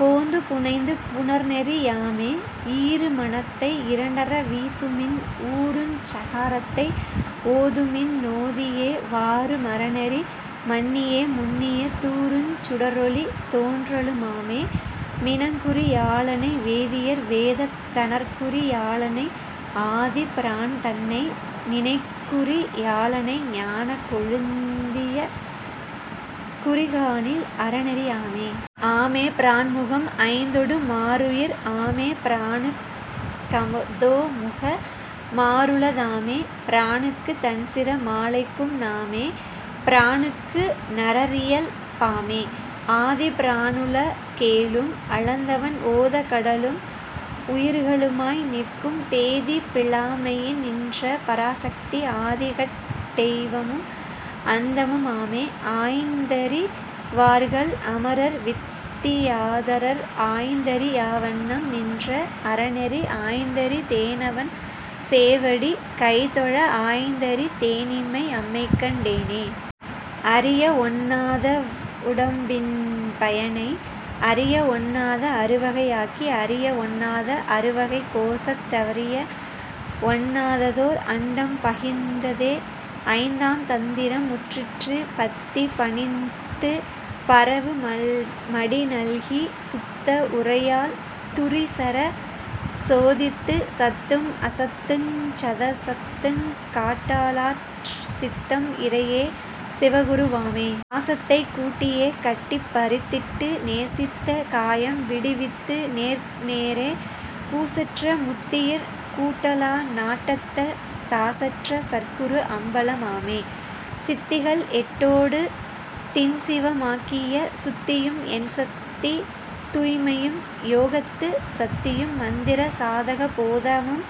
போந்து புனைந்து புணர்நெறி யாமே. ஈரு மனத்தை யிரண்டற வீசுமின் ஊருஞ் சகாரத்தை ஓதுமின் னோதியே வாரு மரநெறி மன்னியே முன்னியத் தூருஞ் சுடரொளி தோன்றலு மாமே மினற்குறி யாளனை வேதியர் வேதத் தனற்குறி யாளனை ஆதிப் பிரான்தன்னை நினைக்குறி யாளனை ஞானக் கொழுந்தி னயக்குறி காணில் அரநெறி யாமே. ஆமே பிரான்முகம் ஐந்தொடு மாருயிர் ஆமே பிரானுக் கதோமுக மாறுள தாமே பிரானுக்குந் தன்சிர மாலைக்கும் நாமே பிரானுக்கு நரரியல் பாமே. ஆதிப்பிரானுல கேழும் அளந்தவன் ஓதக் கடலும் உயிர்களு மாய்நிற்கும் பேதிப் பிலாமையின் நின்ற பராசத்தி ஆதிக்கட் டெய்வமும் அந்தமு மாமே. ஆய்ந்தறி வார்கள் அமரர்வித் தியாதரர் ஆய்ந்தறி யாவண்ணம் நின்ற அரனெறி ஆய்ந்தறிந் தேனவன் சேவடி கைதொழ ஆய்ந்தறிந் தேனிம்மை அம்மைகண் டேனே. அறியவொண் ணாதவ் வுடம்பின் பயனை அறியவொண் ணாத அறுவகை யாக்கி அறியவொண் ணாத அறுவகைக் கோசத் தறியவொண் ணாததோர் அண்டம் பதிந்ததே. ஐந்தாம் தந்திரம் முற்றிற்று பத்திப் பணித்துப் பரவு மடிநல்கிச் சுத்த வுரையால் துரிசறச் சோதித்துச் சத்தும் அசத்துஞ் சதசத்துங் காட்டலாற் சித்தம் இறையே சிவகுரு வாமே. பாசத்தைக் கூட்டியே கட்டிப் பறித்திட்டு நேசித்த காயம் விடிவித்து நேர்நேரே கூசற்ற முத்தியிற் கூட்டலா நாட்டத்த தாசற்ற சற்குரு அம்பலமாமே. சித்திகள் எட்டோடுந் திண்சிவ மாக்கிய சுத்தியும் எண்சத்தித் தூய்மையும் யோகத்துச் சத்தியும்மந்திர சாதக போதமும்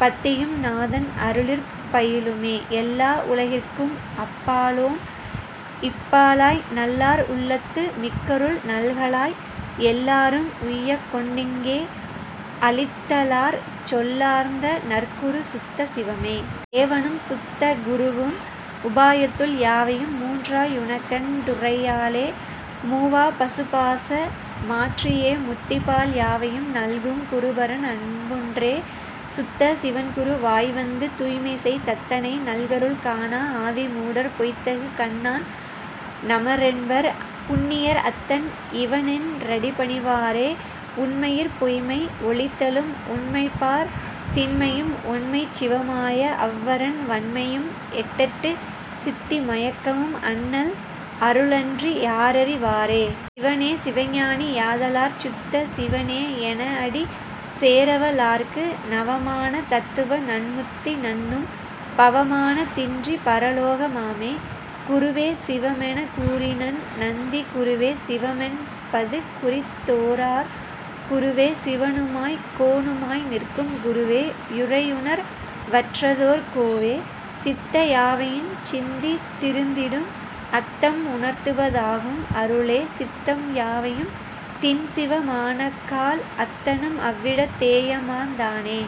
பத்தியும் நாதன் அருளிற் பயிலுமே. எல்லா உலகிற்கும் அப்பாலோன் இப்பாலாய் நல்லார் உள்ளத்து மிக்கருள் நல்கலால் எல்லாரும் உய்யக்கொண் டிங்கே அளித்தலாற் சொல்லார்ந்த நற்குருச் சுத்த சிவமே. தேவனுஞ் சுத்த குருவும் உபாயத்துள் யாவையும் மூன்றா யுனக்கண் டுரையாலே மூவாப் பசுபாச மாற்றியே முத்திப்பால் யாவையும் நல்குங் குருபரன் அன்புற்றே. சுத்த சிவன்குரு வாய்வந்து தூய்மைசெய் தத்தனை நல்கருள் காணா ஆதிமூடர் பொய்த்தகு கண்ணான் நமரென்பர் புண்ணியர் அத்தன் இவனென் றடிபணிவாரே. உண்மையிற் பொய்மை ஒழித்தலும் உண்மைப்பார் திண்மையும் ஒண்மைச் சிவமாய அவ்வரன் வண்மையும் எட்டெட்டுச் சித்தி மயக்கமும் அண்ணல் அருளன்றி யாரறி வாரே. சிவனே சிவஞானி யாதலாற் சுத்த சிவனே யெனஅடி சேரவல் லார்க்கு நவமான தத்துவ நன்முத்தி நண்ணும் பவமான தின்றிப் பரலோக மாமே. குருவே சிவமெனக் கூறினன் நந்தி குருவே சிவமென் பதுகுறித் தோரார் குருவே சிவனுமாய்க் கோனுமாய் நிற்கும் குருவே யுரையுணர் வற்றதோர் கோவே. சித்த யாவையுஞ் சிந்தித் திருந்திடும் அத்தம் உணர்த்துவ தாகும் அருளே சித்தம் யாவையுந் திண்சிவ மானக்கால் அத்தனும் அவ்விடத் தேயமர்ந் தானே.